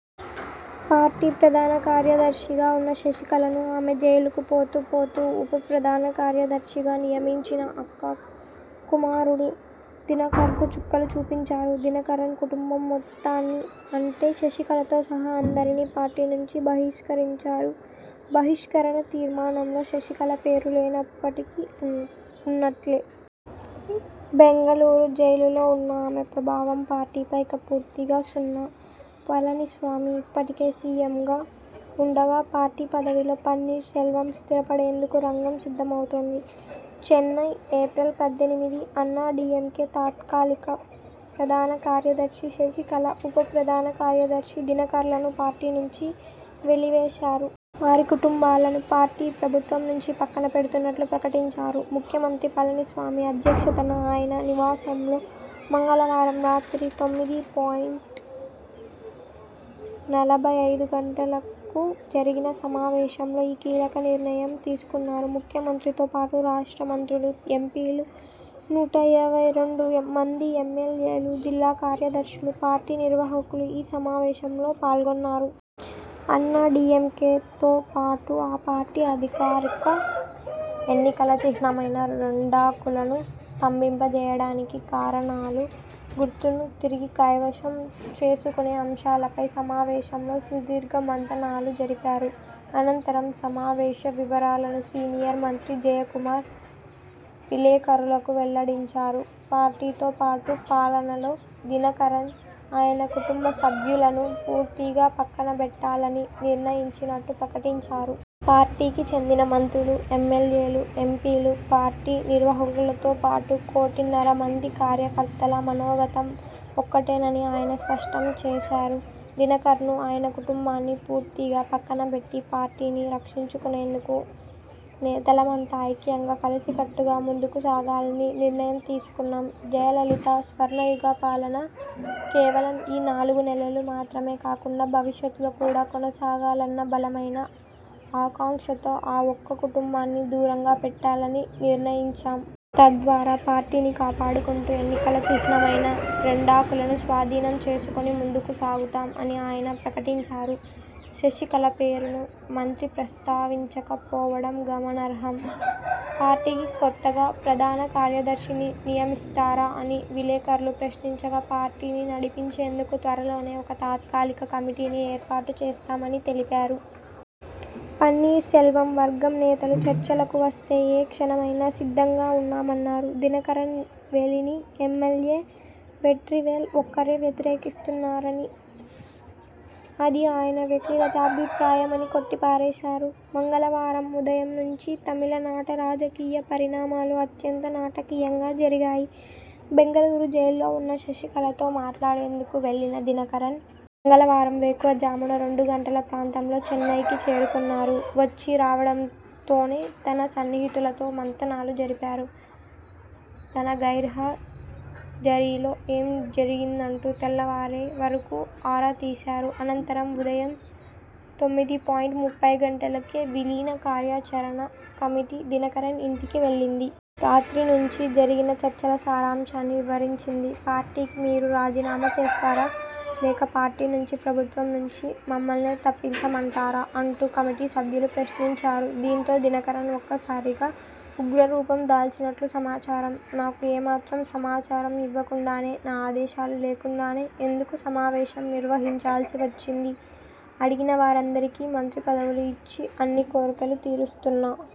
Party ప్రధాన కార్యదర్శిగా ఉన్న శశికళను, ఆమె జైలుకు పోతూ పోతూ ఉప ప్రధాన కార్యదర్శిగా నియమించిన 'అక్క కుమారుడు' దినకరన్కూ చుక్కలు చూపించారు. దినకరన్ కుటుంబం మొత్తాన్నిఅంటే శశికళతో సహా అందరినీ పార్టీ నుంచి బహిష్కరించారు. బహిష్కరణ తీర్మానంలో శశికళ పేరు లేనప్పటికీ ఉ ఉన్నట్లే! బెంగళూరు జైలులో ఉన్న ఆమె ప్రభావం పార్టీపై ఇక పూర్తిగా సున్నా! పళనిస్వామి ఇప్పటికే సీఎంగా ఉండగా పార్టీ పదవిలో పన్నీర్ సెల్వం స్థిరపడేందుకు రంగం సిద్ధమవుతోంది. చెన్నై, ఏప్రిల్ పద్దెనిమిది అన్నా డీఎంకే తాత్కాలిక ప్రధాన కార్యదర్శి శశికళ, ఉప ప్రధాన కార్యదర్శి దినకరన్లను పార్టీ నుంచి వెలి వేశారు. వారి కుటుంబాలను పార్టీ, ప్రభుత్వం నుంచి పక్కన పెడుతున్నట్లు ప్రకటించారు. ముఖ్యమంత్రి పళని స్వామి అధ్యక్షతన ఆయన నివాసంలో మంగళవారం రాత్రి తొమ్మిది పాయింట్ నలభై ఐదు గంటలకు జరిగిన సమావేశంలో ఈ కీలక నిర్ణయం తీసుకున్నారు. ముఖ్యమంత్రితో పాటు రాష్ట్ర మంత్రులు, ఎంపీలు, నూట ఇరవై రెండు మంది ఎమ్మెల్యేలు, జిల్లా కార్యదర్శులు, పార్టీ నిర్వాహకులు ఈ సమావేశంలో పాల్గొన్నారు. అన్నా డీఎంకేతో పాటు ఆ పార్టీ అధికారిక ఎన్నికల చిహ్నమైన రెండాకులను స్తంభింపజేయడానికి కారణాలు, గుర్తును తిరిగి కైవసం చేసుకునే అంశాలపై సమావేశంలో సుదీర్ఘ మంతనాలు జరిపారు. అనంతరం సమావేశ వివరాలను సీనియర్ మంత్రి జయకుమార్ విలేకరులకు వెల్లడించారు. పార్టీతో పాటు పాలనలో దినకరన్, ఆయన కుటుంబ సభ్యులను పూర్తిగా పక్కనబెట్టాలని నిర్ణయించినట్టు ప్రకటించారు. పార్టీకి చెందిన మంత్రులు, ఎమ్మెల్యేలు, ఎంపీలు, పార్టీ నిర్వాహకులతోపాటు కోటిన్నర మంది కార్యకర్తల మనోగతం ఒక్కటేనని ఆయన స్పష్టం చేశారు. ''దినకరన్ను, ఆయన కుటుంబాన్ని పూర్తిగా పక్కనబెట్టి పార్టీని రక్షించుకునేందుకు నేతలమంతా ఐక్యంగా కలిసికట్టుగా ముందుకు సాగాలని నిర్ణయం తీసుకున్నాం. జయలలిత స్వర్ణయుగ పాలన కేవలం ఈ నాలుగు నెలలు మాత్రమే కాకుండా, భవిష్యత్లో కూడా కొనసాగాలన్న బలమైన ఆకాంక్షతో ఆ ఒక్క కుటుంబాన్ని దూరంగా పెట్టాలని నిర్ణయించాం. తద్వారా పార్టీని కాపాడుకుంటూ ఎన్నికల చిహ్నమైన రెండాకులను స్వాధీనం చేసుకుని ముందుకు సాగుతాం'' అని ఆయన ప్రకటించారు. శశికళ పేరును మంత్రి ప్రస్తావించక పోవడం గమనార్హం. పార్టీకి కొత్తగా ప్రధాన కార్యదర్శిని నియమిస్తారా అని విలేకరులు ప్రశ్నించగా.. పార్టీని నడిపించేందుకు త్వరలోనే ఒక తాత్కాలిక కమిటీని ఏర్పాటు చేస్తామని తెలిపారు. పన్నీర్ సెల్వం వర్గం నేతలు చర్చలకు వస్తే ఏ క్షణమైనా సిద్ధంగా ఉన్నామన్నారు. దినకరన్ వెలిని ఎమ్మెల్యే వెట్రివేల్ ఒక్కరే వ్యతిరేకిస్తున్నారని, అది ఆయన వ్యక్తిగత అభిప్రాయమని కొట్టి పారేశారు. మంగళవారం ఉదయం నుంచీ తమిళనాట రాజకీయ పరిణామాలు అత్యంత నాటకీయంగా జరిగాయి. బెంగళూరు జైల్లో ఉన్న శశికళతో మాట్లాడేందుకు వెళ్లిన దినకరన్.. మంగళవారం వేకువ జామున రెండు గంటల ప్రాంతంలో చెన్నైకి చేరుకున్నారు. వచ్చీ రావడంతోనే తన సన్నిహితులతో మంతనాలు జరిపారు. తన గైర్హా జరీలో ఏం జరిగిందంటూ తెల్లవారే వరకూ ఆరా తీశారు. అనంతరం ఉదయం తొమ్మిది పాయింట్ ముప్పై గంటలకే విలీన కార్యాచరణ కమిటీ దినకరన్ ఇంటికి వెళ్లింది. రాత్రి నుంచీ జరిగిన చర్చల సారాంశాన్ని వివరించింది. 'పార్టీకి మీరు రాజీనామా చేస్తారా? లేక పార్టీ నుంచి ప్రభుత్వం నుంచి మమ్మల్నే తప్పించమంటారా? ' అంటూ కమిటీ సభ్యులు ప్రశ్నించారు. దీంతో దినకరన్ ఒక్కసారిగా ఉగ్రరూపం దాల్చినట్లు సమాచారం. ''నాకు ఏమాత్రం సమాచారం ఇవ్వకుండానే, నా ఆదేశాలు లేకుండానే ఎందుకు సమావేశం నిర్వహించాల్సి వచ్చింది? అడిగిన వారందరికీ మంత్రి పదవులు ఇచ్చి, అన్ని కోర్కెలూ తీరుస్తున్నా